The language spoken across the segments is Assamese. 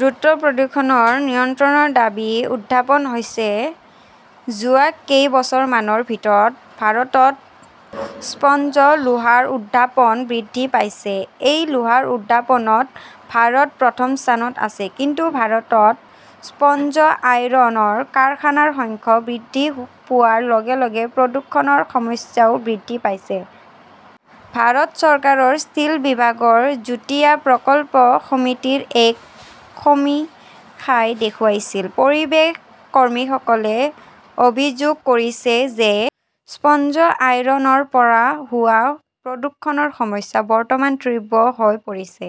দ্ৰুত প্ৰদূষণ নিয়ন্ত্ৰণৰ দাবী উত্থাপন হৈছে যোৱা কেইবছৰমানৰ ভিতৰত ভাৰতত স্পঞ্জ লোহাৰ উৎপাদন বৃদ্ধি পাইছে। এই লোহাৰ উৎপাদনত ভাৰত প্ৰথম স্থানত আছে। কিন্তু ভাৰতত স্পঞ্জ আইৰণ কাৰখানাৰ সংখ্যা বৃদ্ধি পোৱাৰ লগে-লগে প্ৰদূষণৰ সমস্যাও বৃদ্ধি পাইছে। ভাৰত চৰকাৰৰ ষ্টীল বিভাগৰ যুটীয়া প্ৰকল্প সমিতিৰ এক সমীক্ষাই দেখুৱাইছিল। পৰিৱেশ কৰ্মীসকলে অভিযোগ কৰিছে যে স্পঞ্জ আইৰণৰ পৰা হোৱা প্ৰদূষণৰ সমস্যা বৰ্তমান তীব্ৰ হৈ পৰিছে।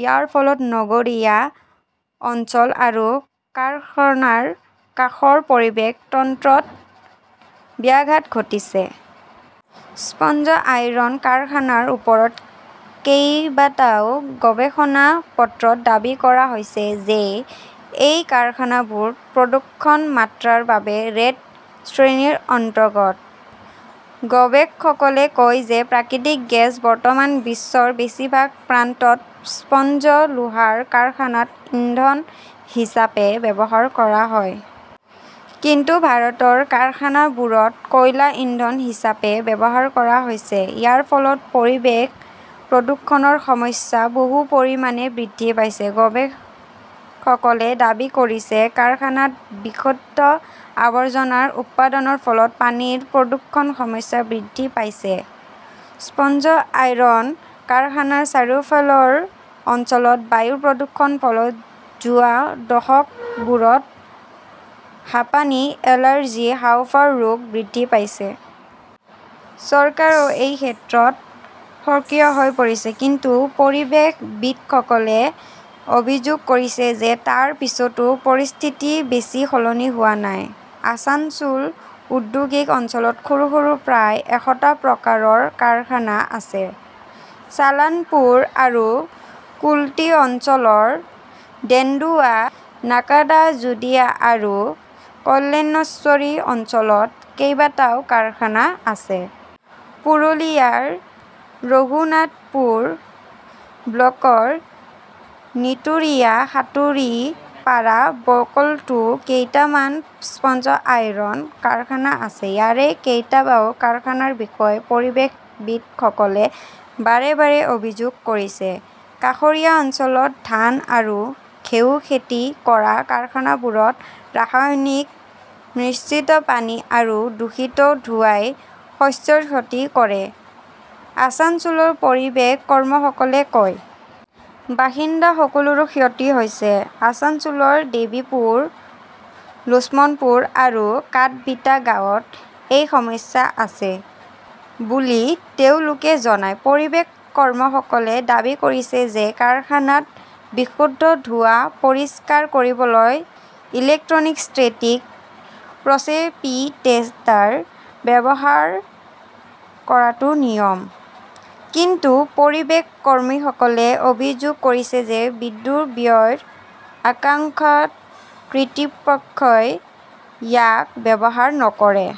ইয়াৰ ফলত নগৰীয়া অঞ্চল আৰু কাৰখানাৰ কাষৰ পৰিৱেশ তন্ত্ৰত ব্যাঘাত ঘটিছে। স্পঞ্জ আইৰণ কাৰখানাৰ ওপৰত কেইবাটাও গৱেষণা পত্ৰত দাবী কৰা হৈছে যে এই কাৰখানাবোৰ প্ৰদূষণৰ মাত্ৰাৰ বাবে 'ৰেড শ্ৰেণী'ৰ অন্তৰ্গত। গৱেষকসকলে কয় যে প্ৰাকৃতিক গেছ বৰ্তমান বিশ্বৰ বেছিভাগ প্ৰান্তত স্পঞ্জ লোহাৰ কাৰখানাত ইন্ধন হিচাপে ব্যৱহাৰ কৰা হয়। কিন্তু ভাৰতৰ কাৰখানাবোৰত কয়লা ইন্ধন হিচাপে ব্যৱহাৰ কৰা হৈছে। ইয়াৰ ফলত পৰিৱেশ প্ৰদূষণৰ সমস্যা বহু পৰিমাণে বৃদ্ধি পাইছে, গৱেষকসকলে দাবী কৰিছে। কাৰখানাত বিষাক্ত আৱৰ্জনাৰ উৎপাদনৰ ফলত পানীৰ প্ৰদূষণৰ সমস্যা বৃদ্ধি পাইছে। স্পঞ্জ আইৰণ কাৰখানাৰ চাৰিওফালৰ অঞ্চলত বায়ু প্ৰদূষণৰ ফলত যোৱা দশকবোৰত হাঁপানি, এলাৰ্জি, হাঁওফাঁওৰ ৰোগ বৃদ্ধি পাইছে। চৰকাৰেও এই ক্ষেত্ৰত সক্ৰিয় হৈ পৰিছে। কিন্তু পৰিৱেশবিদসকলে অভিযোগ কৰিছে যে তাৰ পিছতো পৰিস্থিতি বেছি সলনি হোৱা নাই। আছানছোল ঔদ্যোগিক অঞ্চলত সৰু সৰু প্ৰায় এশটা প্ৰকাৰৰ কাৰখানা আছে। ছালানপুৰ আৰু কুল্টি অঞ্চলৰ ডেন্দুৱা, নাকাদাজোদিয়া আৰু কল্যাণেশ্বৰী অঞ্চলত কেইবাটাও কাৰখানা আছে। পুৰুলিয়াৰ ৰঘুনাথপুৰ ব্লকৰ নীতুৰিয়া, সাঁতুৰী, পাৰা ব্লকতো কেইটামান স্পঞ্জ আইৰণ কাৰখানা আছে। ইয়াৰে কেইবাটাও কাৰখানাৰ বিষয়ে পৰিৱেশবিদসকলে বাৰে বাৰে অভিযোগ কৰিছে। কাষৰীয়া অঞ্চলত ধান আৰু ঘেঁহু খেতি কৰা কাৰখানাবোৰত ৰাসায়নিক মিশ্ৰিত পানী আৰু দূষিত ধোঁৱাই শস্যৰ ক্ষতি কৰে, আছানছোলৰ পৰিৱেশ কৰ্মীসকলে কয়। বাসিন্দাসকলৰো ক্ষতি হৈছে। আসানছোলৰ দেৱীপুৰ, লোছমনপুৰ আৰু কাদভিটা গাঁৱত এই সমস্যা আছে বুলি তেওঁলোকে জনায়। পৰিৱেশ কৰ্মীসকলে দাবী কৰিছে যে কাৰখানাত বিষাক্ত ধোঁৱা পৰিষ্কাৰ কৰিবলৈ 'ইলেক্ট্ৰনিক ষ্টেটিক প্ৰচেপিটেটাৰ ব্যৱস্থা ব্যৱহাৰ কৰাটো নিয়ম। কিন্তু পৰিৱেশ কৰ্মীসকলে অভিযোগ কৰিছে যে বিদ্যুৎ ব্যয়ৰ আশংকাত কৰ্তৃপক্ষই ইয়াক ব্যৱহাৰ নকৰে।